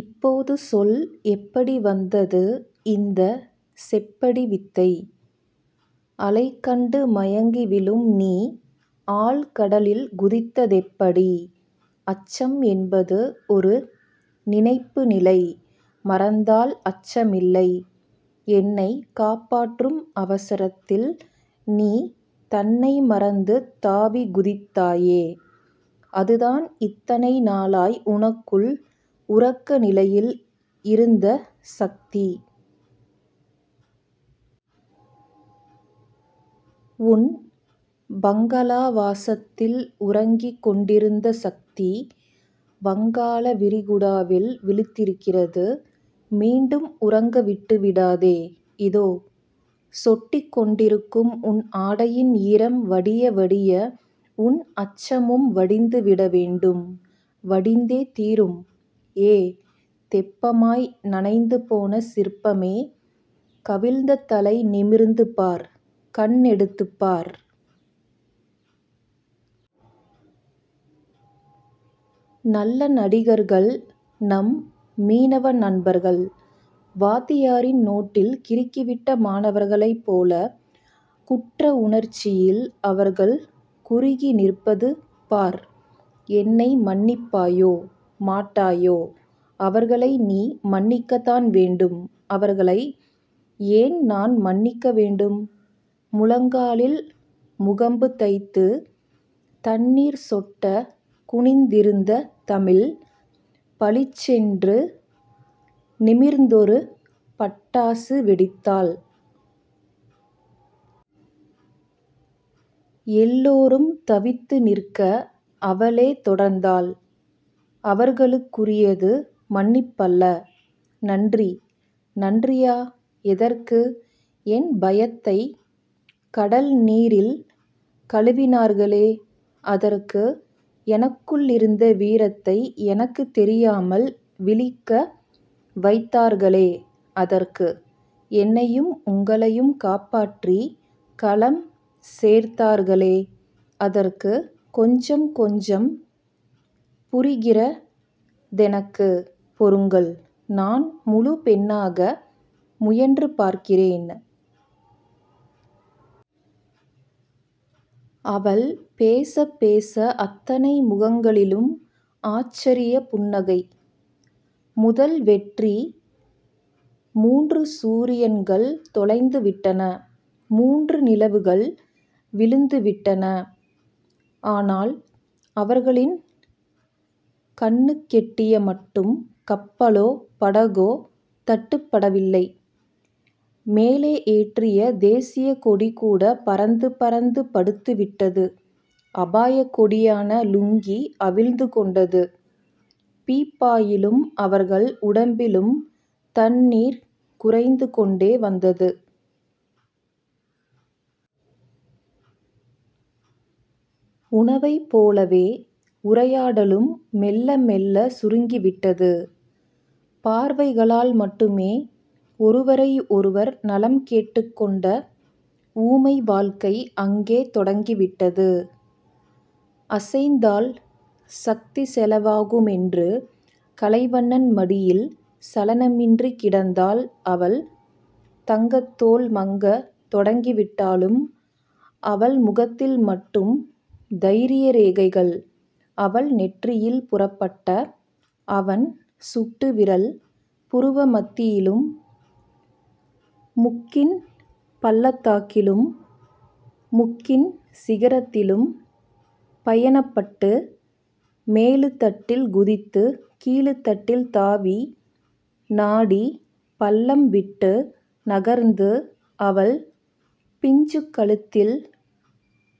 இப்போது சொல். எப்படி வந்தது இந்தச் செப்படி வித்தை? அலைகண்டு மயங்கிவிழும் நீ ஆழ்கடலில் குதித்ததெப்படி? அச்சம் என்பது ஒரு நினைப்பு நிலை. மறந்தால் அச்சமில்லை. என்னைக் காப்பாற்றும் அவசரத்தில் நீ தன்னை மறந்து தாவிக் குதித்தாயே. அதுதான் இத்தனை நாளாய் உனக்குள் உறக்கநிலையில் இருந்த சக்தி. உன் பங்களாவாசத்தில் உறங்கிக் கொண்டிருந்த சக்தி. வங்காளவிரிகுடாவில் விழித்திருக்கிறது. மீண்டும் உறங்கவிட்டு விடாதே. இதோ. சொட்டிக் கொண்டிருக்கும் உன் ஆடையின் ஈரம் வடிய வடிய உன் அச்சமும் வடிந்துவிட வேண்டும். வடிந்தே தீரும். ஏ தெப்பமாய் நனைந்துபோன சிற்பமே. கவிழ்ந்த தலை நிமிர்ந்து பார். கண்ணெடுத்துப் பார். நல்ல நடிகர்கள் நம் மீனவ நண்பர்கள். வாத்தியாரின் நோட்டில் கிறுக்கிவிட்ட மாணவர்களைப் போலக் குற்ற உணர்ச்சியில் அவர்கள் குறுகிநிற்பது பார். என்னை மன்னிப்பாயோ... மாட்டாயோ... அவர்களை நீ மன்னிக்கத்தான் வேண்டும். அவர்களை ஏன் நான் மன்னிக்க வேண்டும்? முழங்காலில் முகம்புதைத்துத் தண்ணீர் சொட்டக் குனிந்திருந்த தமிழ், பளிச்சென்று நிமிர்ந்தொரு பட்டாசு வெடித்தாள். எல்லோரும் தவித்துநிற்க, அவளே தொடர்ந்தாள். அவர்களுக்குரியது மன்னிப்பல்ல. நன்றி. நன்றியா? எதற்கு? என் பயத்தைக் கடல்நீரில் கழுவினார்களே. அதற்கு. எனக்குள்ளிருந்த வீரத்தை எனக்குத் தெரியாமல் விழிக்க வைத்தார்களே. அதற்கு. என்னையும் உங்களையும் காப்பாற்றிக் கலம் சேர்த்தார்களே. அதற்கு. கொஞ்சம் கொஞ்சம் புரிகிறதெனக்கு. பொறுங்கள். நான் முழுப்பெண்ணாக முயன்று பார்க்கிறேன். அவள் பேசப் பேச, அத்தனை முகங்களிலும் ஆச்சரியப் புன்னகை. முதல் வெற்றி. முன்று சூரியன்கள் தொலைந்துவிட்டன. முன்று நிலவுகள் விழுந்துவிட்டன. ஆனால், அவர்களின் கண்ணுக்கெட்டியமட்டும் கப்பலோ படகோ தட்டுப்படவில்லை. மேலே ஏற்றிய தேசியக்கொடிகூடப் பறந்து பறந்து படுத்துவிட்டது. அபாயக்கொடியான லுங்கி அவிழ்ந்துகொண்டது. பீப்பாயிலும் அவர்கள் உடம்பிலும் தண்ணீர் குறைந்துகொண்டே வந்தது. உணவைப் போலவே உரையாடலும் மெள்ள மெள்ள சுருங்கிவிட்டது. பார்வைகளால் மட்டுமே ஒருவரை ஒருவர் நலம் கேட்டுக்கொண்ட ஊமை வாழ்க்கை அங்கே தொடங்கிவிட்டது. அசைந்தால் சக்தி செலவாகுமென்று கலைவண்ணன் மடியில் சலனமின்றிக் கிடந்தாள் அவள் தங்கத்தோல் மங்கத் தொடங்கிவிட்டாலும் அவள் முகத்தில் மட்டும் தைரியரேகைகள். அவள் நெற்றியில் புறப்பட்ட அவன் சுட்டுவிரல், புருவமத்தியிலும் முக்கின் பள்ளத்தாக்கிலும் முக்கின் சிகரத்திலும் பயணப்பட்டு மேலுதட்டில் குதித்து கீழுதட்டில் தாவி நாடிப் பள்ளம்விட்டு நகர்ந்து அவள் பிஞ்சுக் கழுத்தில்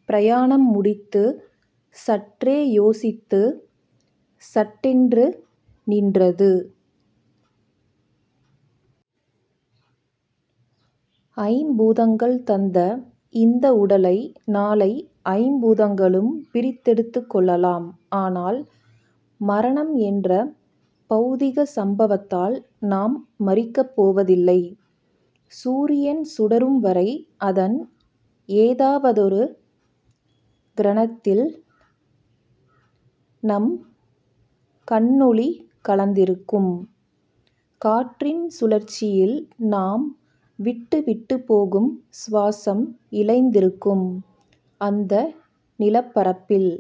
பிரயாணம் முடித்துச் சற்றே யோசித்துச் சட்டென்று நின்றது. ஐம்பூதங்கள் தந்த இந்த உடலை நாளை ஐம்பூதங்களும் பிரித்தெடுத்துக் கொள்ளலாம். ஆனால், மரணம் என்ற பெளதிகச் சம்பவத்தால் நாம் மரிக்கப் போவதில்லை. சூரியன் சுடரும்வரை அதன் ஏதாவதொரு கிரணத்தில் நம் கண்ணொளி கலந்திருக்கும். காற்றின் சுழற்சியில் நாம் விட்டுவிட்டுப் போகும் சுவாசம் இழைந்திருக்கும். அந்த நிலப்பரப்பில்